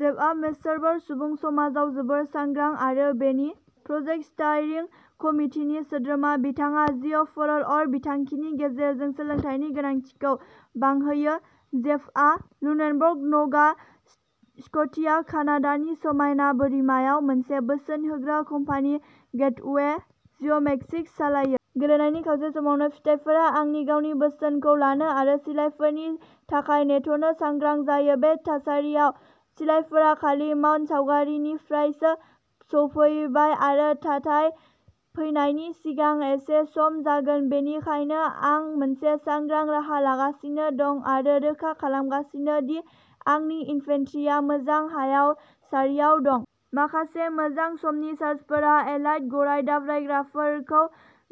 जेफआ मेसर्भार सुबुं समाजाव जोबोद सांग्रां, आरो बेनि प्रजेक्ट स्टियारिं कमितिनि सोद्रोमा। बिथाङा जिअ'फरर अर बिथांखिनि गेजेरजों सोलोंथाइनि गोनांथिखौ बांहोयो। जेफआ लुनेनबग, न'गा स्क'टिया, कानाडानि समायना बोरिमायाव मोनसे बोसोन होग्रा कम्पानि, गेटवे जिअ'मेक्सिस सालायो। गेलेनायनि खावसे समावनो फिथायफोरा आंनि गावनि बोसोनखौ लानो आरो सिलाइफोरनि थाखाय नेथ'नो सांग्रां जायो। बे थासारियाव, सिलाइफोरा खालि मानसावगारिनिफ्रायसो सफैबाय आरो थाथाया फैनायनि सिगां एसे सम जागोन। बेनिखायनो, आं मोनसे सांग्रां राहा लागासिनो दं आरो रोखा खालामगासिनो दि आंनि इनफेन्ट्रिआ मोजां हायाव सारियाव दं। माखासे मोजां समनि चार्जफोरा एलाइड गराय दाब्रायग्राफोरखौ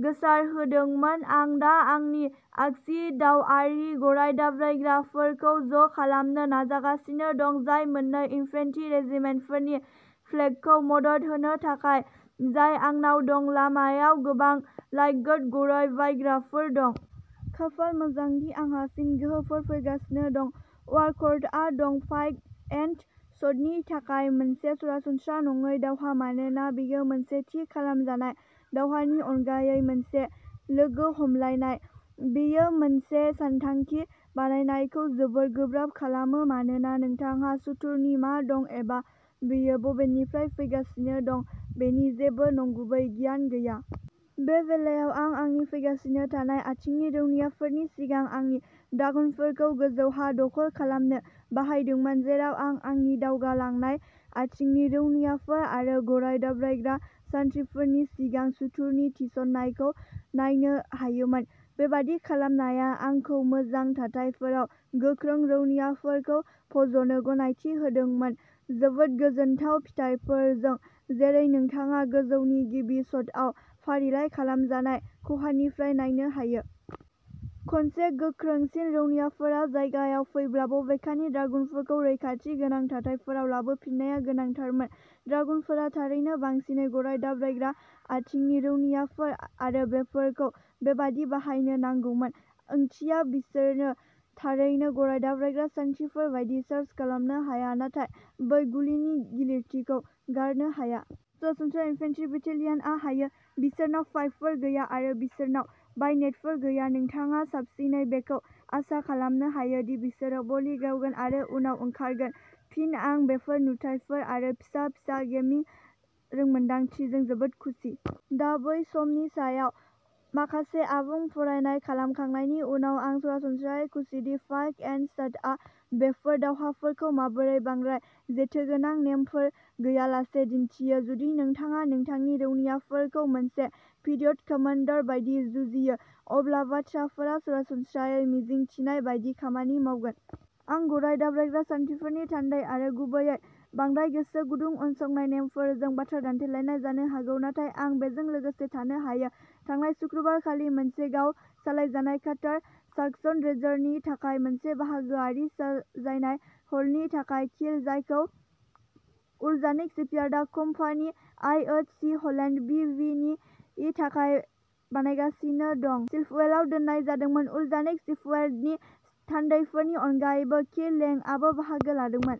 गोसारहोदोंमोन। आं दा आंनि आगसि दावआरि गराय दाब्रायग्राफोरखौ ज' खालामनो नाजागासिनो दं, जाय मोन्नै इन्फेन्टि रेजिमेन्टफोरनि फ्लेकखौ मदद होनो थाखाय जाय आंनाव दं। लामायाव गोबां लाइगाड गुराय बायग्राफोर दं। खाफाल मोजां दि आंहा फिन गोहोफोर फैगासिनो दं। वारक'र्डआ दं, पाइक एन्ड शटनि थाखाय मोनसे सरासनस्रा नङै दावहा मानोना बेयो मोनसे थि खालामजानाय दावहानि अनगायै मोनसे लोगो हमलायनाय। बेयो मोनसे सानथांखि बानायनायखौ जोबोद गोब्राब खालामो, मानोना नोंथांहा सुथुरनि मा दं एबा बेयो बबेनिफ्राय फैगासिनो दं बेनि जेबो नंगुबै गियान गैया। बे बेलायाव, आं आंनि फैगासिनो थानाय आथिंनि रौनियाफोरनि सिगां आंनि ड्रागुनफोरखौ गोजौ हा दखल खालामनो बाहायदोंमोन, जेराव आं आंनि दावगालांनाय आथिंनि रौनियाफोर आरो गराय दाब्रायग्रा सान्थ्रिफोरनि सिगां सुथुरनि थिसननायखौ नायनो हायोमोन। बेबादि खालामनाया आंखौ मोजां थाथायफोराव गोख्रों रौनियाफोरखौ फज'नो गनायथि होदोंमोन जोबोद गोजोनथाव फिथायफोरजों, जेरै नोंथाङा गोजौनि गिबि शटआव फारिलाइ खालामजानाय खहानिफ्राय नायनो हायो। खनसे गोख्रोंसिन रौनियाफोरा जायगायाव फैब्ला, बबेखानि, ड्रागुनफोरखौ रैखाथि गोनां थाथायफोराव लाबोफिननाया गोनांथारमोन। ड्रागुनफोरा थारैनो बांसिनै गराय दाब्रायग्रा आथिंनि रौनियाफोर आरो बेफोरखौ बेबादि बाहायनो नांगौमोन। ओंथिया, बिसोरो थारैनो गराय दाब्रायग्रा सान्थ्रिफोर बायदि चार्ज खालामनो हाया, नाथाय बै गुलिनि गिलिरथिखौ गारनो हाया। ससनस्रा इन्फेन्ट्रि बेटेलियानआ हायो। बिसोरनाव पाइकफोर गैया, आरो बिसोरनाव बायनेटफोर गैया। नोंथाङा साबसिनै बेखौ आसा खालामनो हायो दि बिसोरो भलि गावगोन आरो उनाव ओंखारगोन। फिन, आं बेफोर नुथायफोर आरो फिसा फिसा गेमिं रोंमोनदांथिजों जोबोद खुसि। दा बै समनि सायाव माखासे आबुं फरायनाय खालामखांनायनि उनाव आं सरासनस्रायै खुसिदि पाइक एन्ड शोडआ बेफोर दावहाफोरखौ माबोरै बांद्राय जेथोगोनां नेमफोर गैयालासे दिन्थियो। जुदि नोंथाङा नोंथांनि रौनियाफोरखौ मोनसे पिडिउड कामान्डार बायदि जुजियो, अब्ला बाथ्राफोरा सरासनस्रायै मिजिंथिनाय बायदि खामानि मावगोन। आं गराय दाब्रायग्रा सान्थ्रिफोरनि थान्दैथि आरो गुबैयै बांद्राय गोसो गुदुं उनसंनाय नेमफोरजों बाथ्रा दान्थेलायनाय जानो हागौ, नाथाय आं बेजों लोगोसे थानो हायो। थांनाय सुक्रुबार खालि मोनसे गाव सालायजानाय काटार साकसन ड्रेजारनि थाखाय मोनसे बाहागोआरि साजायनाय हलनि थाखाय किल, जायखौ उलजानिक शिपियार्डया company I H C Holland B G नि इ थाखाय बानायगासिनो दं, स्लिपवेआव दोननाय जादोंमोन। उलजानिक शिपवेडनि थान्दैफोरनि अनगायैबो, किल लेंगआबो बाहागो लादोंमोन।